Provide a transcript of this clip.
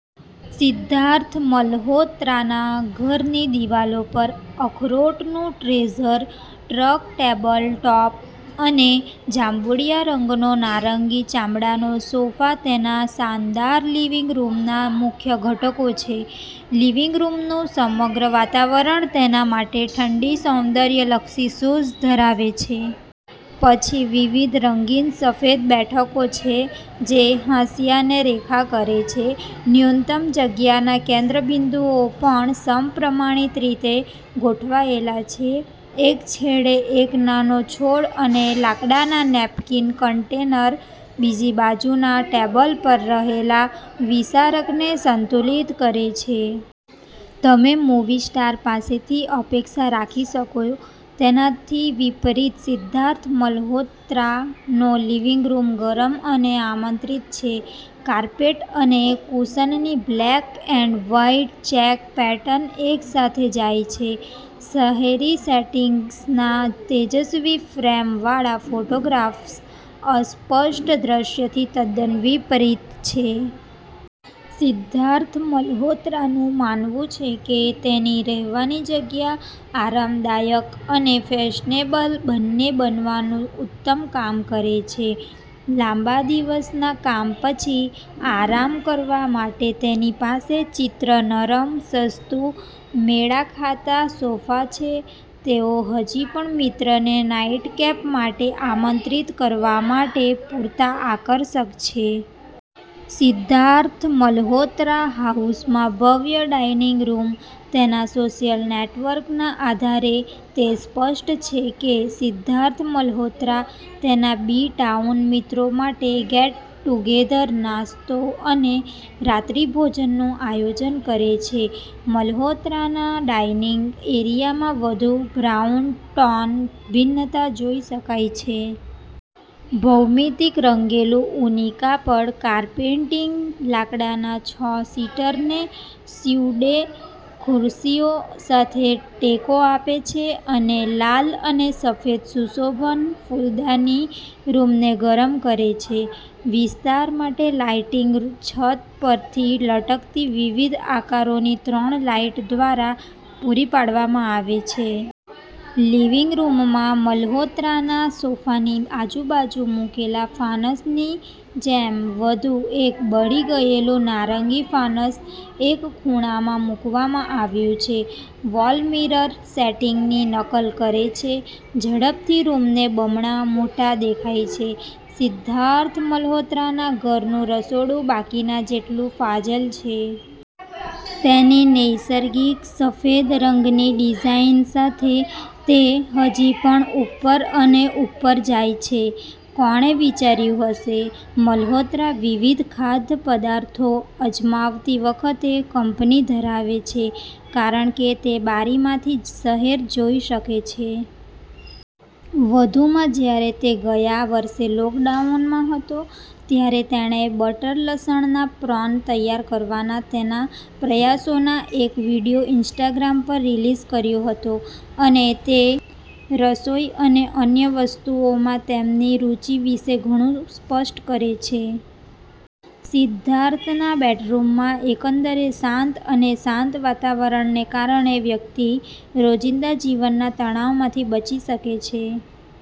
સિદ્ધાર્થ મલ્હોત્રાના ઘરની દિવાલો પર અખરોટનું ટ્રેઝર, ટ્રંક ટેબલ ટોપ અને જાંબુડિયા રંગનો નારંગી ચામડાનો સોફા તેના શાનદાર લિવિંગ રૂમના મુખ્ય ઘટકો છે. લિવિંગ રૂમનું સમગ્ર વાતાવરણ તેના માટે ઠંડી સૌંદર્યલક્ષી સૂઝ ધરાવે છે. પછી વિવિધ રંગીન સફેદ બેઠકો છે જે હાંસિયાને રેખા કરે છે. ન્યૂનતમ જગ્યાના કેન્દ્રબિંદુઓ પણ સમપ્રમાણરીતે ગોઠવાયેલા છે. એક છેડે એક નાનો છોડ અને લાકડાના નેપકિન કન્ટેનર, બીજી બાજુના ટેબલ પર રહેલા વિસારકને સંતુલિત કરે છે. તમે મૂવી સ્ટાર પાસેથી અપેક્ષા રાખી શકો તેનાથી વિપરીત, સિદ્ધાર્થ મલ્હોત્રાનો લિવિંગ રૂમ ગરમ અને આમંત્રિત છે. કાર્પેટ અને કુશનની black and white check pattern એકસાથે જાય છે. શહેરી સેટિંગ્સના તેજસ્વી ફ્રેમ વાળા ફોટોગ્રાફ્સ અસ્પષ્ટ દ્રશ્યથી તદ્દન વિપરીત છે. સિદ્ધાર્થ મલ્હોત્રાનું માનવું છે કે તેની રહેવાની જગ્યા આરામદાયક અને ફેશનેબલ બંને બનવાનું ઉત્તમ કામ કરે છે. લાંબા દિવસના કામ પછી આરામ કરવા માટે તેની પાસે ચિત્ર-નરમ, સસ્તું, મેળખાતા સોફા છે. તેઓ હજી પણ મિત્રને નાઈટકેપ માટે આમંત્રિત કરવા માટે પૂરતા આકર્ષક છે. સિદ્ધાર્થ મલ્હોત્રા હાઉસમાં ભવ્ય ડાઇનિંગ રૂમ, તેના સોશિયલ નેટવર્કના આધારે, તે સ્પષ્ટ છે કે સિદ્ધાર્થ મલ્હોત્રા તેના બી-ટાઉન મિત્રો માટે ગેટ-ટુગેધર, નાસ્તો અને રાત્રિભોજનનું આયોજન કરે છે. મલ્હોત્રાના ડાઇનિંગ એરિયામાં વધુ બ્રાઉન-ટોન ભિન્નતા જોઈ શકાય છે. ભૌમિતિક રંગેલું ઊની કાપડ કાર્પેટીંગ લાકડાના છ-સીટરને સ્યુડે ખુરશીઓ સાથે ટેકો આપે છે અને લાલ અને સફેદ સુશોભન ફૂલદાની રૂમને ગરમ કરે છે. વિસ્તાર માટે લાઇટિંગ છત પરથી લટકતી વિવિધ આકારોની ત્રણ લાઇટ દ્વારા પૂરી પાડવામાં આવે છે. લિવિંગ રૂમમાં મલ્હોત્રાના સોફાની આજુબાજુ મૂકેલા ફાનસની જેમ વધુ એક બળી ગયેલું નારંગી ફાનસ એક ખૂણામાં મૂકવામાં આવ્યું છે. વોલ મિરર સેટિંગની નકલ કરે છે. ઝડપથી રૂમને બમણા મોટા દેખાય છે. સિદ્ધાર્થ મલ્હોત્રાના ઘરનું રસોડું બાકીના જેટલું ફાજલ છે. તેની નૈસર્ગિક, સફેદ રંગની ડિઝાઇન સાથે, તે હજી પણ ઉપર અને ઉપર જાય છે. કોણે વિચાર્યું હશે? મલ્હોત્રા વિવિધ ખાદ્યપદાર્થો અજમાવતી વખતે કંપની ધરાવે છે કારણ કે તે બારીમાંથી શહેર જોઈ શકે છે. વધુમાં, જ્યારે તે ગયા વર્ષે લોકડાઉનમાં હતો, ત્યારે તેણે બટર લસણના પ્રોન તૈયાર કરવાના તેના પ્રયાસોનો એક વીડિયો ઇન્સ્ટાગ્રામ પર રિલીઝ કર્યો હતો. અને તે રસોઈ અને અન્ય વસ્તુઓમાં તેમની રુચિ વિશે ઘણું સ્પષ્ટ કરે છે. સિધ્ધાર્થના બેડરૂમમાં એકંદરે શાંત અને શાંત વાતાવરણને કારણે વ્યક્તિ રોજિંદા જીવનના તણાવમાંથી બચી શકે છે.